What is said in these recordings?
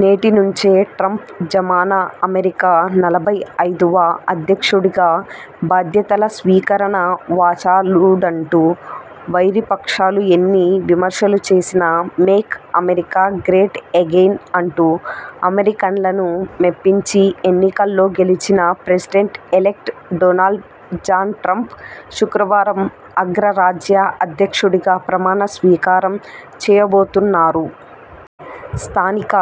నేటి నుంచే ట్రంప్ జమానా అమెరికా నలభై ఐదువ అధ్యక్షుడిగా బాధ్యతల స్వీకరణ.. వాచాలుడంటూ వైరిపక్షాలు ఎన్ని విమర్శలు చేసినా 'మేక్ అమెరికా గ్రేట్ ఎగైన్' అంటూ అమెరికన్లను మెప్పించి ఎన్నికల్లో గెలిచిన president elect.. Donald John Trump.. శుక్రవారం అగ్రరాజ్య అధ్యక్షుడిగా ప్రమాణ స్వీకారం చేయబోతున్నారు. స్థానిక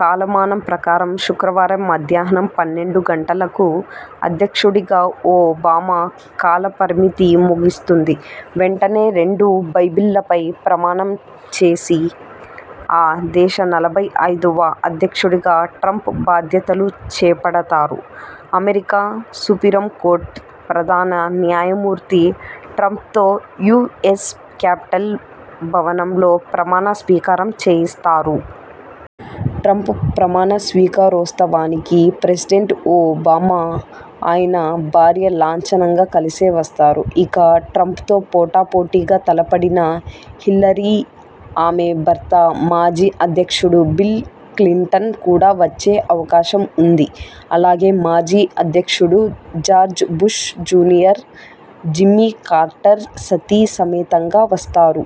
కాలమానం ప్రకారం శుక్రవారం మధ్యాహ్నం పన్నెండు గంటలకు.. అధ్యక్షుడిగా ఓ బామా కాల పరిమితి ముగుస్తుంది. వెంటనే, రెండు బైబిళ్ల పై ప్రమాణం చేసి ఆ దేశ నలభై ఐదువ అధ్యక్షుడిగా ట్రంప్ బాధ్యతలు చేపడతారు. అమెరికా సుపిరంకోర్టు ప్రధాన న్యాయమూర్తి ట్రంప్తో యూఎస్ క్యాప్టల్ భవనంలో ప్రమాణ స్వీకారం చేయిస్తారు. ట్రంప్ ప్రమాణ స్వీకారోత్సవానికి ప్రెసిడెంట్ ఓ బామా, ఆయన భార్య లాంఛనంగా కలిసే వస్తారు. ఇక, ట్రంప్తో పోటా పోటీగా తలపడిన హిల్లరీ, ఆమె భర్త, మాజీ అధ్యక్షుడు బిల్ క్లింటన్ కూడా వచ్చే అవకాశం ఉంది. అలాగే, మాజీ అధ్యక్షుడు George Bush junior, Jimmy Carter సతీ సమేతంగా వస్తారు.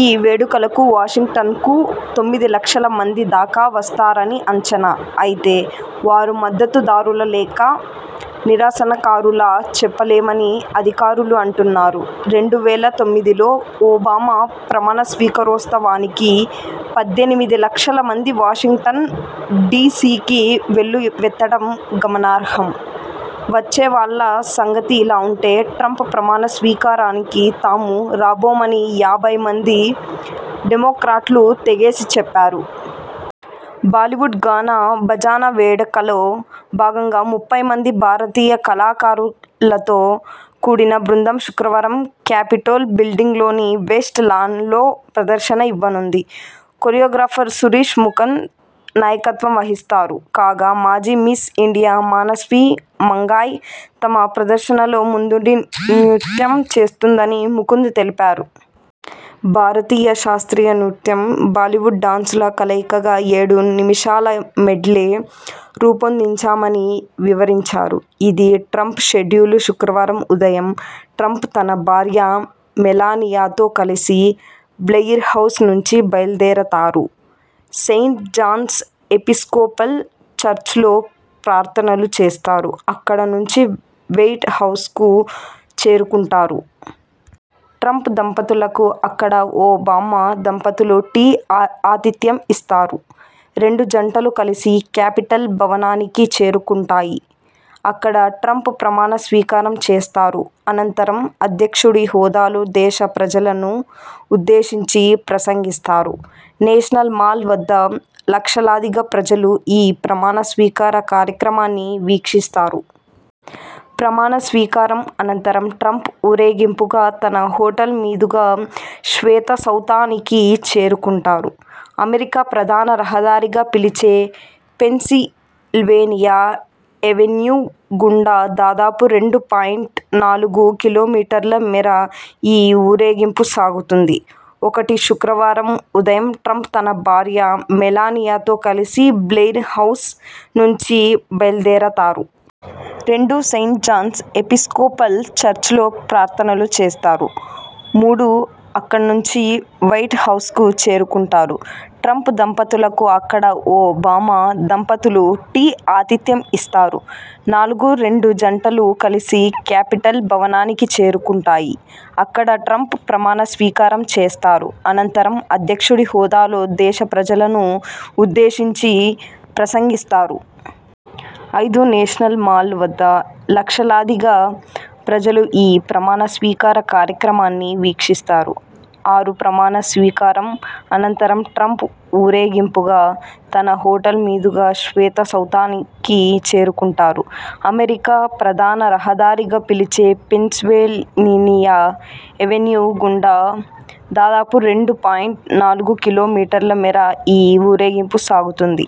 ఈ వేడుకలకు వాషింగ్టన్కు తొమ్మిది లక్షల మంది దాకా వస్తారని అంచనా. అయితే వారు మద్దతు దారుల లేకా నిరాసనకారులా చెప్పలేమని అధికారులు అంటున్నారు. రెండు వేల తొమ్మిది లో ఓ బామా ప్రమాణస్వీకారోత్సవానికి పద్దెనిమిది లక్షల మంది వాషింగ్టన్ డీసీకి వెల్లు వెత్తడం గమనార్హం. వచ్చేవాళ్ల సంగతి ఇలా ఉంటే, ట్రంప్ ప్రమాణ స్వీకారానికి తాము రాబోమని యాభై మంది డెమొక్రాట్లు తెగేసి చెప్పారు. బాలీవుడ్ గానా బజానా వేడకలో భాగంగా ముప్పై మంది భారతీయ కళాకారులతో కూడిన బృందం శుక్రవారం క్యాపిటోల్ బిల్డింగ్లోని వెస్ట్ లాన్లో ప్రదర్శన ఇవ్వనుంది. కొరియో గ్రాఫర్ సురేష్ ముకన్ నాయకత్వం వహిస్తారు. కాగా, మాజీ మిస్ ఇండియా మానస్వి మంగాయ్ తమ ప్రదర్శనలో ముందుండి నృత్యం చేస్తుందని ముకుంద్ తెలిపారు. భారతీయ శాస్త్రీయ నృత్యం, బాలీవుడ్ డాన్సుల కలయికగా ఏడు నిమిషాల మెడ్లే రూపొందించామని వివరించారు. ఇదీ ట్రంప్ షెడ్యూలు శుక్రవారం ఉదయం ట్రంప్ తన భార్య మెలానియాతో కలిసి బ్లెయిర్హౌస్ నుంచి బయల్దేరతారు. సెయింట్ జాన్స్ ఎపిస్కోపల్ చర్చ్లో ప్రార్థనలు చేస్తారు. అక్కడ నుంచి వెయిట్ హౌస్కు చేరుకుంటారు. ట్రంప్ దంపతులకు అక్కడ ఓ బామా దంపతులు టీ ఆ ఆతిథ్యం ఇస్తారు. రెండు జంటలూ కలిసి క్యాపిటల్ భవనానికి చేరుకుంటాయి. అక్కడ ట్రంప్ ప్రమాణ స్వీకారం చేస్తారు. అనంతరం అధ్యక్షుడి హోదాలో దేశ ప్రజలను ఉద్దేశించి ప్రసంగిస్తారు. నేషనల్ మాల్ వద్ద లక్షలాదిగా ప్రజలు ఈ ప్రమాణ స్వీకార కార్యక్రమాన్ని వీక్షిస్తారు. ప్రమాణ స్వీకారం అనంతరం ట్రంప్ ఊరేగింపుగా, తన హోటల్ మీదుగా శ్వేత సౌథానికి చేరుకుంటారు. 'అమెరికా ప్రధాన రహదారి'గా పిలిచే పెన్సిల్వేనియా ఎవెన్యూ గుండా దాదాపు రెండు పాయింట్ నాలుగు కిలోమీటర్ల మేర ఈ ఊరేగింపు సాగుతుంది. ఒకటి శుక్రవారం ఉదయం ట్రంప్ తన భార్య మెలానియాతో కలిసి బ్లెయిర్హౌస్ నుంచి బయల్దేరతారు. రెండు సెయింట్ జాన్స్ ఎపిస్కోపల్ చర్చ్లో ప్రార్థనలు చేస్తారు. మూడు అక్కణ్నుంచీ వైట్ హౌస్కు చేరుకుంటారు. ట్రంప్ దంపతులకు అక్కడ ఓ బామా దంపతులు టీ ఆతిథ్యం ఇస్తారు. నాలుగు రెండు జంటలూ కలిసి క్యాపిటల్ భవనానికి చేరుకుంటాయి. అక్కడ ట్రంప్ ప్రమాణ స్వీకారం చేస్తారు. అనంతరం అధ్యక్షుడి హోదాలో దేశ ప్రజలను ఉద్దేశించి ప్రసంగిస్తారు. ఐదు నేషనల్ మాల్ వద్ద లక్షలాదిగా ప్రజలు ఈ ప్రమాణ స్వీకార కార్యక్రమాన్ని వీక్షిస్తారు. ఆరు ప్రమాణ స్వీకారం అనంతరం ట్రంప్ ఊరే గింపుగా, తన హోటల్ మీదుగా శ్వేత సౌథానికి చేరుకుంటారు. 'అమెరికా ప్రధాన రహదారి'గా పిలిచే పెన్సిల్వేనియా ఎవెన్యూ గుండా దాదాపు రెండు పాయింట్ నాలుగు కిలో మీటర్ల మేర ఈ ఊరేగింపు సాగుతుంది.